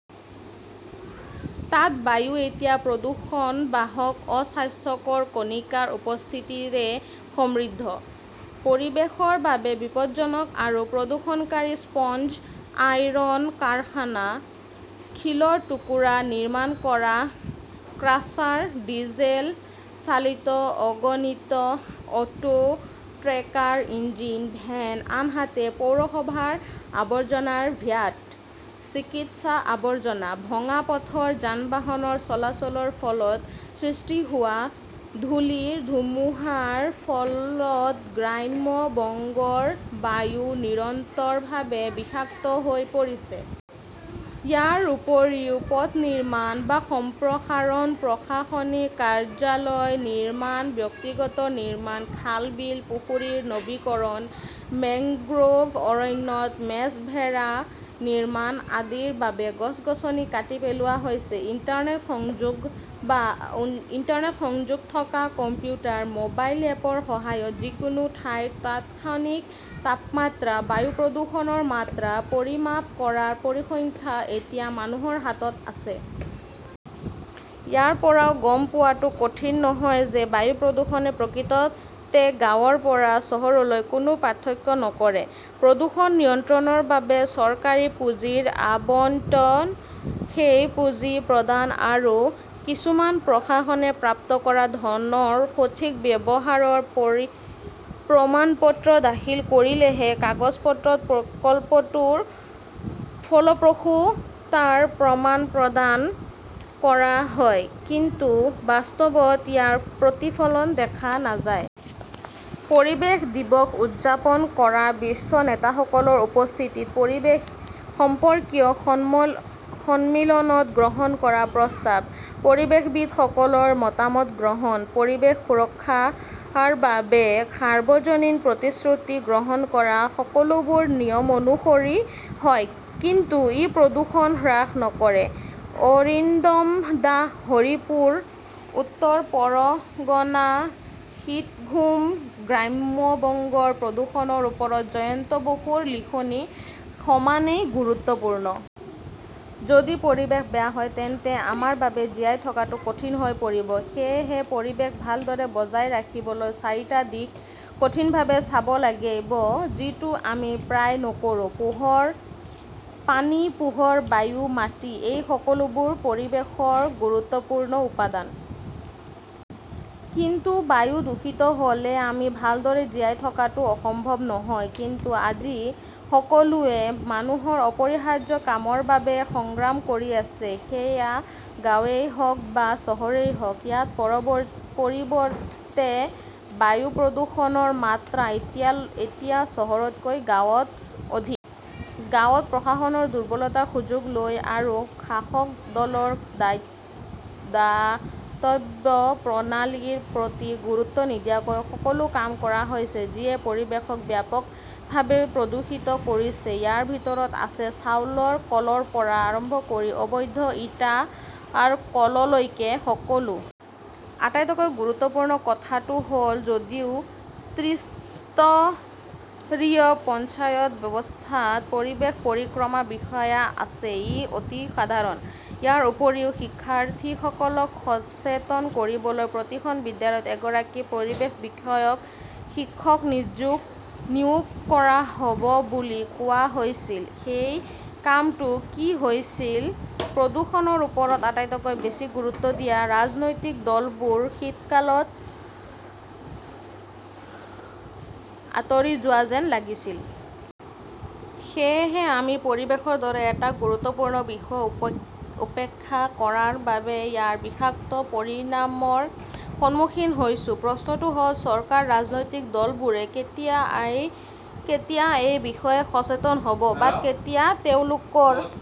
তাত বায়ু এতিয়া প্ৰদূষণ-বাহক অস্বাস্থ্যকৰ কণিকাৰ উপস্থিতিৰে সমৃদ্ধ। পৰিৱেশৰ বাবে বিপদজনক আৰু প্ৰদূষণকাৰী স্পঞ্জ আইৰণ কাৰখানা, শিলৰ টুকুৰা নিৰ্মাণ কৰা ক্ৰাছাৰ, ডিজেল চালিত অগণিত অটো-ট্ৰেকাৰ-ইঞ্জিন ভেন, আনহাতে পৌৰসভাৰ আৱৰ্জনাৰ ভ্যাট, চিকিৎসা আৱৰ্জনা, ভঙা পথৰ যান-বাহনৰ চলাচলৰ ফলত সৃষ্টি হোৱা ধূলিৰ ধুমুহাৰ ফলত গ্ৰাম্য বংগৰ বায়ু নিৰন্তৰভাৱে বিষাক্ত হৈ পৰিছে। ইয়াৰ উপৰিও পথ নিৰ্মাণ বা সম্প্ৰসাৰণ, প্ৰশাসনিক কাৰ্যালয় নিৰ্মাণ, ব্যক্তিগত নিৰ্মাণ, খাল-বিল-পুখুৰীৰ নৱীকৰণ, মেংগ্ৰোভ অৰণ্যত মেছ ভেড়া নিৰ্মাণ আদিৰ বাবে গছ-গছনি কাটি পেলোৱা হৈছে। ইণ্টাৰনেট সংযোগ থকা কম্পিউটাৰ, মোবাইল এপৰ সহায়ত যিকোনো ঠাইৰ তাৎক্ষণিক তাপমাত্ৰা, বায়ু প্ৰদূষণৰ মাত্ৰা পৰিমাপ কৰাৰ পৰিসংখ্যা এতিয়া মানুহৰ হাতত আছে। ইয়াৰ পৰাও গম পোৱাটো কঠিন নহয় যে বায়ু প্ৰদূষণে প্ৰকৃততে গাঁৱৰ পৰা চহৰলৈ কোনো পাৰ্থক্য নকৰে। প্ৰদূষণ নিয়ন্ত্ৰণৰ বাবে চৰকাৰী পুঁজিৰ আবণ্টন, সেই পুঁজি প্ৰদান আৰু কিছুমান প্ৰশাসনে প্ৰাপ্ত কৰা ধনৰ সঠিক ব্যৱহাৰৰ প্ৰমাণপত্ৰ দাখিল কৰিলেহে কাগজ-পত্ৰত প্ৰকল্পটোৰ ফলপ্ৰসূতাৰ প্ৰমাণ প্ৰদান কৰা হয়, কিন্তু বাস্তৱত ইয়াৰ প্ৰতিফলন দেখা নাযায়। পৰিৱেশ দিৱস উদযাপন কৰা, বিশ্ব নেতাসকলৰ উপস্থিতিত পৰিৱেশ সম্পৰ্কীয় সন্মিলনত গ্ৰহণ কৰা প্ৰস্তাৱ, পৰিৱেশবিদসকলৰ মতামত গ্ৰহণ কৰা, পৰিৱেশ সুৰক্ষাৰ বাবে সাৰ্বজনীন প্ৰতিশ্ৰুতি গ্ৰহণ কৰা-সকলোবোৰ নিয়ম অনুসৰি হয়, কিন্তু ই প্ৰদূষণ হ্ৰাস নকৰে। অৰিন্দম দাস হৰিপুৰ, উত্তৰ পৰগনা শীতঘুম গ্ৰাম্য বংগৰ প্ৰদূষণৰ ওপৰত জয়ন্ত বসুৰ লিখনি সমানেই গুৰুত্বপূৰ্ণ। যদি পৰিৱেশ বেয়া হয় তেন্তে আমাৰ বাবে জীয়াই থকাটো কঠিন হৈ পৰিব। সেয়েহে, পৰিৱেশ ভালদৰে বজাই ৰাখিবলৈ চাৰিটা দিশ সঠিকভাৱে চাব লাগিব, যিটো আমি প্ৰায়ে নকৰো। পানী, পোহৰ, বায়ু, মাটি-এই সকলোবোৰ পৰিৱেশৰ গুৰুত্বপূৰ্ণ উপাদান। কিন্তু বায়ু দূষিত হ’লে আমি ভালদৰে জীয়াই থকাটো সম্ভৱ নহয়। কিন্তু আজি সকলোৱে মানুহৰ অপৰিহাৰ্য কামৰ বাবে সংগ্ৰাম কৰি আছে, সেয়া গাঁৱেই হওক বা চহৰেই হওক। ইয়াৰ পৰিৱৰ্তে, বায়ু প্ৰদূষণৰ মাত্ৰা এতিয়া চহৰতকৈ গাঁৱত অধিক। গাঁৱত প্ৰশাসনৰ দুৰ্বলতাৰ সুযোগ লৈ আৰু শাসক দলৰ দাতব্য প্ৰণালীৰ প্ৰতি গুৰুত্ব নিদিয়াকৈ সকলো কাম কৰা হৈছে, যিয়ে পৰিৱেশক ব্যাপকভাৱে প্ৰদূষিত কৰিছে। ইয়াৰ ভিতৰত আছে চাউলৰ কলৰ পৰা আৰম্ভ কৰি অবৈধ ইটাৰ কললৈকে সকলো। আটাইতকৈ গুৰুত্বপূৰ্ণ কথাটো হ’ল, যদিও ত্ৰিস্তৰীয় পঞ্চায়ত ব্যৱস্থাত পৰিৱেশ পৰিক্ৰমা বিষয়া আছে, ই অতি সাধাৰণ। ইয়াৰ উপৰিও, শিক্ষাৰ্থীসকলক সচেতন কৰিবলৈ প্ৰতিখন বিদ্যালয়ত এগৰাকী পৰিৱেশ বিষয়ক শিক্ষক নিয়োগ কৰা হ’ব বুলি কোৱা হৈছিল। সেই কামটো কি হৈছিল প্ৰদূষণৰ ওপৰত আটাইতকৈ বেছি গুৰুত্ব দিয়া ৰাজনৈতিক দলবোৰ শীতকালত আঁতৰি যোৱা যেন লাগিছিল। সেয়েহে আমি পৰিৱেশৰ দৰে এটা গুৰুত্বপূৰ্ণ বিষয় উপেক্ষা কৰাৰ বাবে ইয়াৰ বিষাক্ত পৰিণামৰ সন্মুখীন হৈছো। প্ৰশ্নটো হ’ল, চৰকাৰ, ৰাজনৈতিক দলবোৰে কেতিয়া এই বিষয়ে সচেতন হ’ব, বা কেতিয়া তেওঁলোকৰ